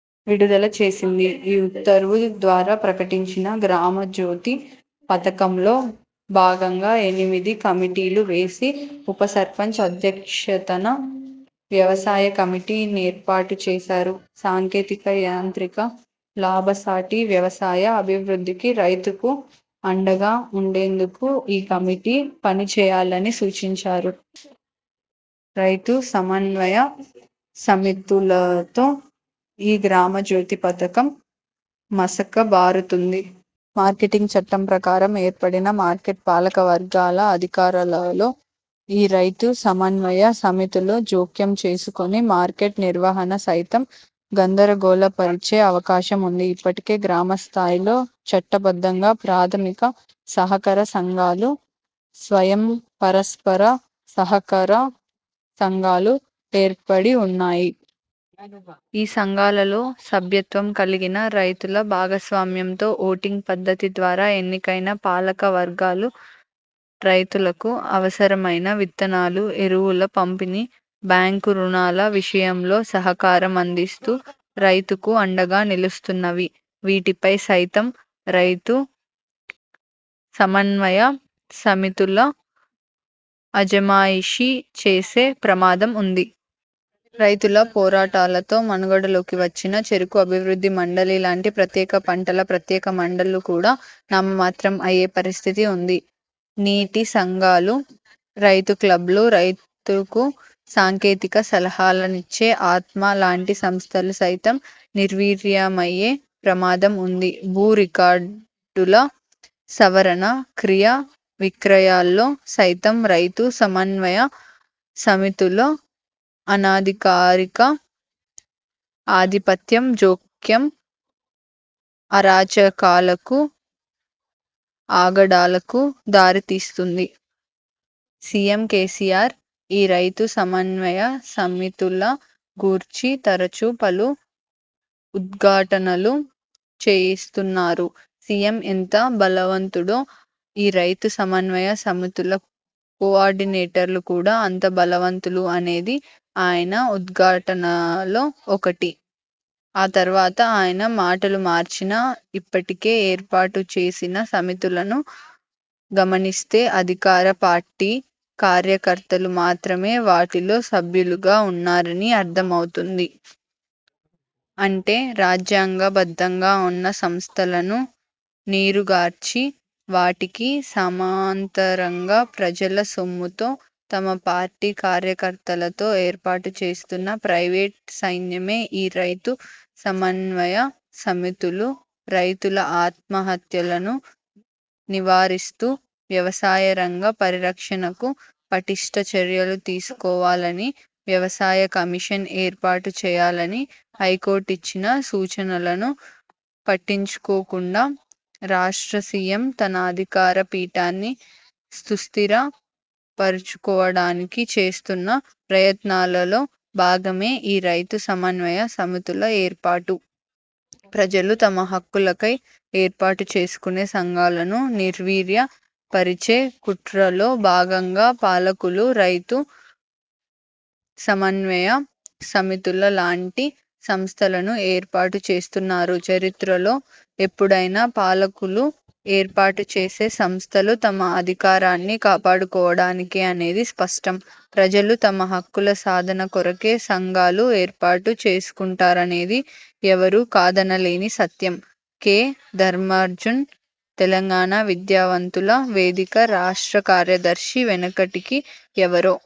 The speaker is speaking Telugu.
విడుదల చేసింది. ఈ ఉత్తర్వు ద్వారా ప్రకటించిన 'గ్రామజ్యోతి' పథకంలో భాగంగా ఎనిమిది కమిటీలు వేసి ఉపసర్పంచ్ అధ్యక్షతన వ్యవసాయ కమిటీ నేర్పాటు చేశారు. సాంకేతిక, యాంత్రిక, లాభసాటి వ్యవసాయ అభివృద్ధికి రైతుకు అండగా ఉండేందుకు ఈ కమిటి పనిచేయాలని సూచించారు. రైతు సమన్వయ సమితులతో ఈ 'గ్రామజ్యోతి' పథకం మసక బారుతుంది. మార్కెటింగ్ చట్టం ప్రకారం ఏర్పడిన మార్కెట్ పాలక వర్గాల అధికారాలలో ఈ రైతు సమన్వయ సమితులు జోక్యం చేసుకుని మార్కెట్ నిర్వహణ సైతం గందరగోళ పరిచే అవకాశం ఉంది. ఇప్పటికే గ్రామ స్థాయిలో చట్టబద్ధంగా ప్రాథమిక సహకార సంఘాలు, స్వయం పరస్పర సహకార సంఘాలు ఏర్పడివున్నాయి. ఈ సంఘాలలో సభ్యత్వం కలిగిన రైతుల భాగస్వామ్యంతో ఓటింగ్ పద్ధతి ద్వారా ఎన్నికైన పాలక వర్గాలు రైతులకు అవసరమైన విత్తనాలు, ఎరువుల పంపిణి, బ్యాంకు ఋణాల విషయంలో సహకారం అందిస్తూ రైతుకు అండగా నిలుస్తున్నవి. వీటిపై సైతం రైతు సమన్వయ సమితుల అజమాయిషీ చేసే ప్రమాదం ఉంది. రైతుల పోరాటాలతో మనుగడలోకి వచ్చిన 'చెరుకు అభివృద్ది మండలి' లాంటి ప్రత్యేక పంటల ప్రత్యేక మండళ్ళు కూడా నామమాత్రం అయ్యే పరిస్థితి ఉంది. నీటి సంఘాలు, రైతు క్లబ్లు, రైతుకు సాంకేతిక సలహాలనిచ్చే 'ఆత్మ' లాంటి సంస్థలు సైతం నిర్వీర్యమయ్యే ప్రమాదం ఉంది. భూ రికార్డుల సవరణ, క్రయ విక్రయాల్లో సైతం రైతు సమన్వయ సమితుల అనధికారిక ఆధిపత్యం, జోక్యం అరాచకాలకు ఆగడాలకు దారితీస్తుంది. సీఎం కేసీఆర్ ఈ రైతు సమన్వయ సమితుల గూర్చి తరచు పలు ఉద్ఘాటనలు చేస్తున్నారు. సీఎం ఎంత బలవంతుడో ఈ రైతు సమన్వయ సమితుల కో ఆర్డినేటర్లు కూడా అంత బలవంతులు అనేది ఆయన ఉద్ఘాటనలలో ఒకటి. ఆ తరువాత ఆయన మాటలుమార్చినా, ఇప్పటికే ఏర్పాటు చేసిన సమితులను గమనిస్తే అధికార పార్టీ కార్యకర్తలు మాత్రమే వాటిలో సభ్యులుగా ఉన్నారని అర్థమవుతుంది. అంటే రాజ్యాంగ బద్ధంగా ఉన్న సంస్థలను నీరుగార్చి వాటికి సమాంతరంగా ప్రజల సొమ్ముతో తమ పార్టీ కార్యకర్తలతో ఏర్పాటు చేస్తున్న ప్రైవేట్ సైన్యమే ఈ రైతు సమన్వయ సమితులు. రైతుల ఆత్మహత్యలను నివారిస్తూ వ్యవసాయ రంగ పరిరక్షణకు పటిష్ఠ చర్యలు తీసుకోవాలని, వ్యవసాయ కమిషన్ ఏర్పాటు చేయాలని హైకోర్టు ఇచ్చిన సూచనలను పట్టించుకోకుండా రాష్ట్ర సీఎం తన అధికార పీఠాన్ని సుస్థిర పరుచుకోవడానికి చేస్తోన్న ప్రయత్నాలలో భాగమే ఈ రైతు సమన్వయ సమితుల ఏర్పాటు. ప్రజలు తమ హక్కులకై ఏర్పాటు చేసుకునే సంఘాలను నిర్వీర్య పరిచే కుట్రలో భాగంగా పాలకులు రైతు సమన్వయ సమితుల లాంటి సంస్థలను ఏర్పాటు చేస్తున్నారు. చరిత్రలో ఎప్పుడైనా పాలకులు ఏర్పాటుచేసే సంస్థలు తమ అధికారాన్ని కాపాడుకోవడానికే అనేది స్పష్టం. ప్రజలు తమ హక్కుల సాధన కొరకే సంఘాలు ఏర్పాటు చేసుకుంటారనేది ఎవరూ కాదనలేని సత్యం. కె. ధర్మార్జున్ తెలంగాణ విద్యావంతుల వేదిక, రాష్ట్ర కార్యదర్శి వెనకటికి ఎవరో